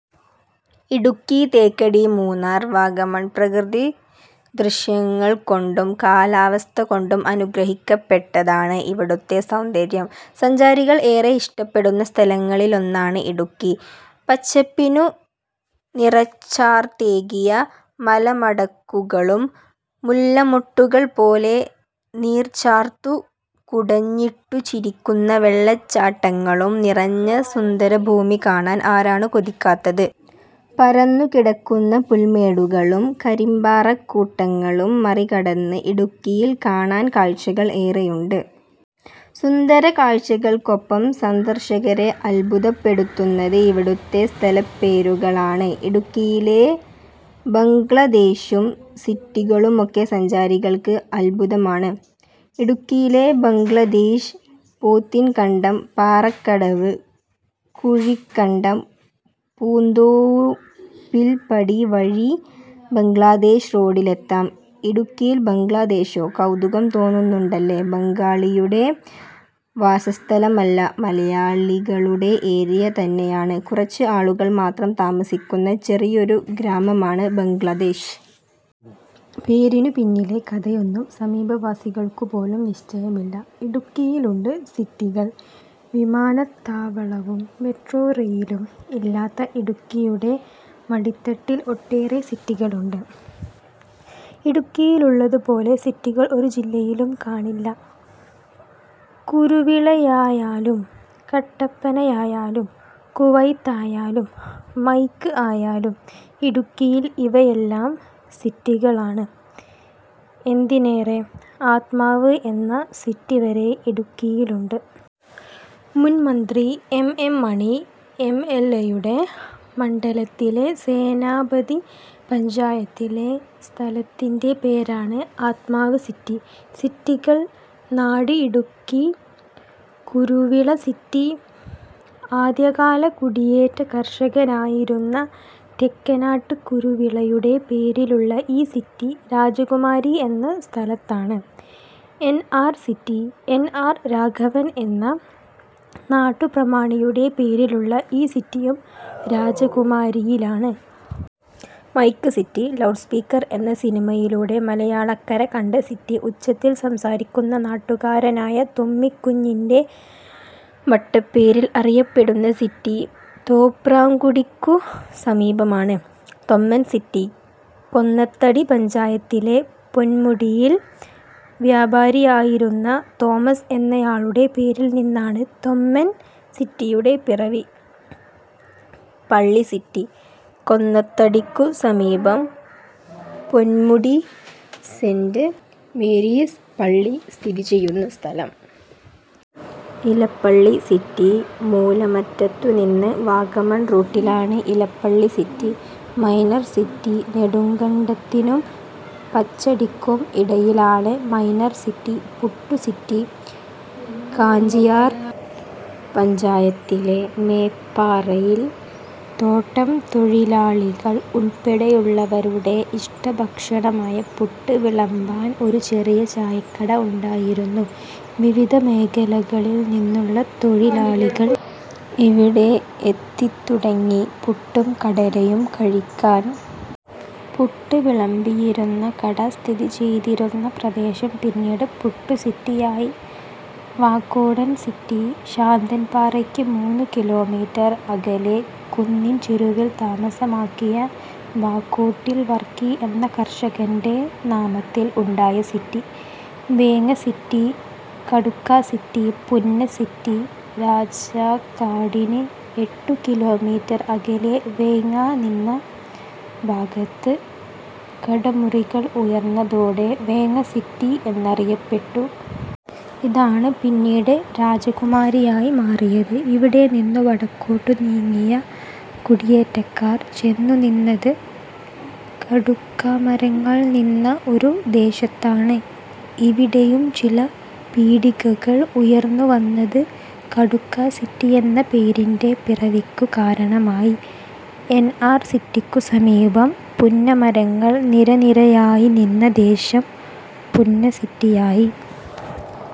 ഇടുക്കി, തേക്കടി, മൂന്നാർ, വാഗമൺ പ്രകൃതിദൃശ്യങ്ങൾകൊണ്ടും കാലാവസ്ഥകൊണ്ടും അനുഗ്രഹിക്കപ്പെട്ടതാണ് ഇവിടുത്തെ സൗന്ദര്യം. സഞ്ചാരികൾ ഏറെ ഇഷ്ടപ്പെടുന്ന സ്ഥലങ്ങളിലൊന്നാണ് ഇടുക്കി. പച്ചപ്പിനു നിറച്ചാർത്തേകിയ മലമടക്കുകളും മുല്ലമൊട്ടുകൾ പോലെ നീർച്ചാർത്തു കുടഞ്ഞിട്ടു ചിരിക്കുന്ന വെള്ളച്ചാട്ടങ്ങളും നിറഞ്ഞ സുന്ദരഭൂമി കാണാൻ ആരാണ് കൊതിക്കാത്തത്. പരന്നുകിടക്കുന്ന പുൽമേടുകളും കരിമ്പാറക്കൂട്ടങ്ങളും മറികടന്ന് ഇടുക്കിയിൽ കാണാൻ കാഴ്ചകൾ ഏറെയുണ്ട്. സുന്ദര കാഴ്ചകൾക്കൊപ്പം സന്ദർശകരെ അദ്ഭുതപ്പെടുത്തുന്നത് ഇവിടുത്തെ സ്ഥലപേരുകളാണ്. ഇടുക്കിയിലെ ബംഗ്ലദേശും സിറ്റികളുമൊക്കെ സഞ്ചാരികൾക്ക് അദ്ഭുതമാണ്. ഇടുക്കിയിലെ ബംഗ്ലദേശ്, പോത്തിൻകണ്ടം- പാറക്കടവ്- കുഴിക്കണ്ടം-പൂന്തോപ്പിൽപടി വഴി ബംഗ്ലദേശ് റോഡിലെത്താം. ഇടുക്കിയിൽ ബംഗ്ലദേശോ? കൗതുകം തോന്നുന്നുണ്ടല്ലേ? ബംഗാളിയുടെ വാസസ്ഥലമല്ല. മലയാളികളുടെ ഏരിയ തന്നെയാണ്. കുറച്ച് ആളുകൾ മാത്രം താമസിക്കുന്ന ചെറിയൊരു ഗ്രാമമാണ് ബംഗ്ലദേശ്. പേരിനു പിന്നിലെ കഥയൊന്നും സമീപവാസികൾക്കുപോലും നിശ്ചയമില്ല. ഇടുക്കിയിലുണ്ട് സിറ്റികൾ വിമാനത്താവളവും മെട്രോ റെയിലും ഇല്ലാത്ത ഇടുക്കിയുടെ മടിത്തട്ടിൽ ഒട്ടേറെ സിറ്റികളുണ്ട്. ഇടുക്കിയിലുള്ളതുപോലെ സിറ്റികൾ ഒരു ജില്ലയിലും കാണില്ല. കുരുവിളയായാലും കട്ടപ്പനയായാലും കുവൈത്തായാലും മൈക്ക് ആയാലും ഇടുക്കിയിൽ ഇവയെല്ലാം സിറ്റികളാണ്. എന്തിനേറെ, ' ആത്മാവ് ' എന്ന സിറ്റി വരെ ഇടുക്കിയിലുണ്ട്. മുൻ മന്ത്രി എം. എം. മണി എംഎൽഎയുടെ മണ്ഡലത്തിലെ സേനാപതി പഞ്ചായത്തിലെ സ്ഥലത്തിന്റെ പേരാണ് ആത്മാവ്സിറ്റി. സിറ്റികൾ നാട് ഇടുക്കി കുരുവിള സിറ്റി: ആദ്യകാല കുടിയേറ്റ കർഷകനായിരുന്ന തെക്കനാട്ട് കുരുവിളയുടെ പേരിലുള്ള ഈ സിറ്റി രാജകുമാരി എന്ന സ്ഥലത്താണ്. NR city: N. R. Raghavan എന്ന നാട്ടുപ്രമാണിയുടെ പേരിലുള്ള ഈ സിറ്റിയും രാജകുമാരിയിലാണ്. മൈക്ക് സിറ്റി: ലൗഡ്സ്പീക്കർ എന്ന സിനിമയിലൂടെ മലയാളക്കര കണ്ട സിറ്റി, ഉച്ചത്തിൽ സംസാരിക്കുന്ന നാട്ടുകാരനായ തൊമ്മിക്കുഞ്ഞിന്റെ വട്ടപ്പേരിൽ അറിയപ്പെടുന്ന സിറ്റി തോപ്രാംകുടിക്കു സമീപമാണ്. തൊമ്മൻ സിറ്റി: കൊന്നത്തടി പഞ്ചായത്തിലെ പൊന്മുടിയിൽ വ്യാപാരിയായിരുന്ന തോമസ് എന്നയാളുടെ പേരിൽ നിന്നാണ് തൊമ്മൻ സിറ്റിയുടെ പിറവി. പള്ളി സിറ്റി: കൊന്നത്തടിക്കു സമീപം പൊൻമുടി സെന്റ് മേരീസ് പള്ളി സ്ഥിതിചെയ്യുന്ന സ്ഥലം. ഇലപ്പള്ളി സിറ്റി: മൂലമറ്റത്തുനിന്ന് വാഗമൺ റൂട്ടിലാണ് ഇലപ്പള്ളി സിറ്റി. മൈനർ സിറ്റി: നെടുങ്കണ്ടത്തിനും പച്ചടിക്കും ഇടയിലാണ് minor city. Puttu city: Kanchiyar പഞ്ചായത്തിലെ മേപ്പാറയിൽ തോട്ടം തൊഴിലാളികൾ ഉൾപ്പെടെയുള്ളവരുടെ ഇഷ്ടഭക്ഷണമായ പുട്ട് വിളമ്പാൻ ഒരു ചെറിയ ചായക്കട ഉണ്ടായിരുന്നു. വിവിധ മേഖലകളിൽ നിന്നുള്ള തൊഴിലാളികൾ ഇവിടെ എത്തിത്തുടങ്ങി, പുട്ടും കടലയും കഴിക്കാൻ. പുട്ട് വിളമ്പിയിരുന്ന കട സ്ഥിതിചെയ്തിരുന്ന പ്രദേശം പിന്നീട് പുട്ടുസിറ്റിയായി. വാക്കോടൻ സിറ്റി: ശാന്തൻപാറയ്ക്ക് മൂന്നു കിലോമീറ്റർ അകലെ കുന്നിൻചെരുവിൽ താമസമാക്കിയ വാക്കോട്ടിൽ വർക്കി എന്ന കർഷകന്റെ നാമത്തിൽ ഉണ്ടായ city. Venga city, Kadukka city, Punna city: രാജാക്കാടിന് എട്ടു കിലോമീറ്റർ അകലെ വേങ്ങ നിന്ന ഭാഗത്ത് കടമുറികൾ ഉയർന്നതോടെ വേങ്ങ സിറ്റി എന്നറിയപ്പെട്ടു. ഇതാണ് പിന്നീട് രാജകുമാരിയായി മാറിയത്. ഇവിടെനിന്നു വടക്കോട്ടു നീങ്ങിയ കുടിയേറ്റക്കാർ ചെന്നുനിന്നത് കടുക്കാമരങ്ങൾ നിന്ന ഒരു ദേശത്താണ്. ഇവിടെയും ചില പീടികകൾ ഉയർന്നുവന്നത് കടുക്കാ സിറ്റിയെന്ന പേരിന്റെ പിറവിക്കു കാരണമായി. എൻആർ സിറ്റിക്കു സമീപം പുന്നമരങ്ങൾ നിരനിരയായി നിന്ന ദേശം പുന്ന സിറ്റിയായി.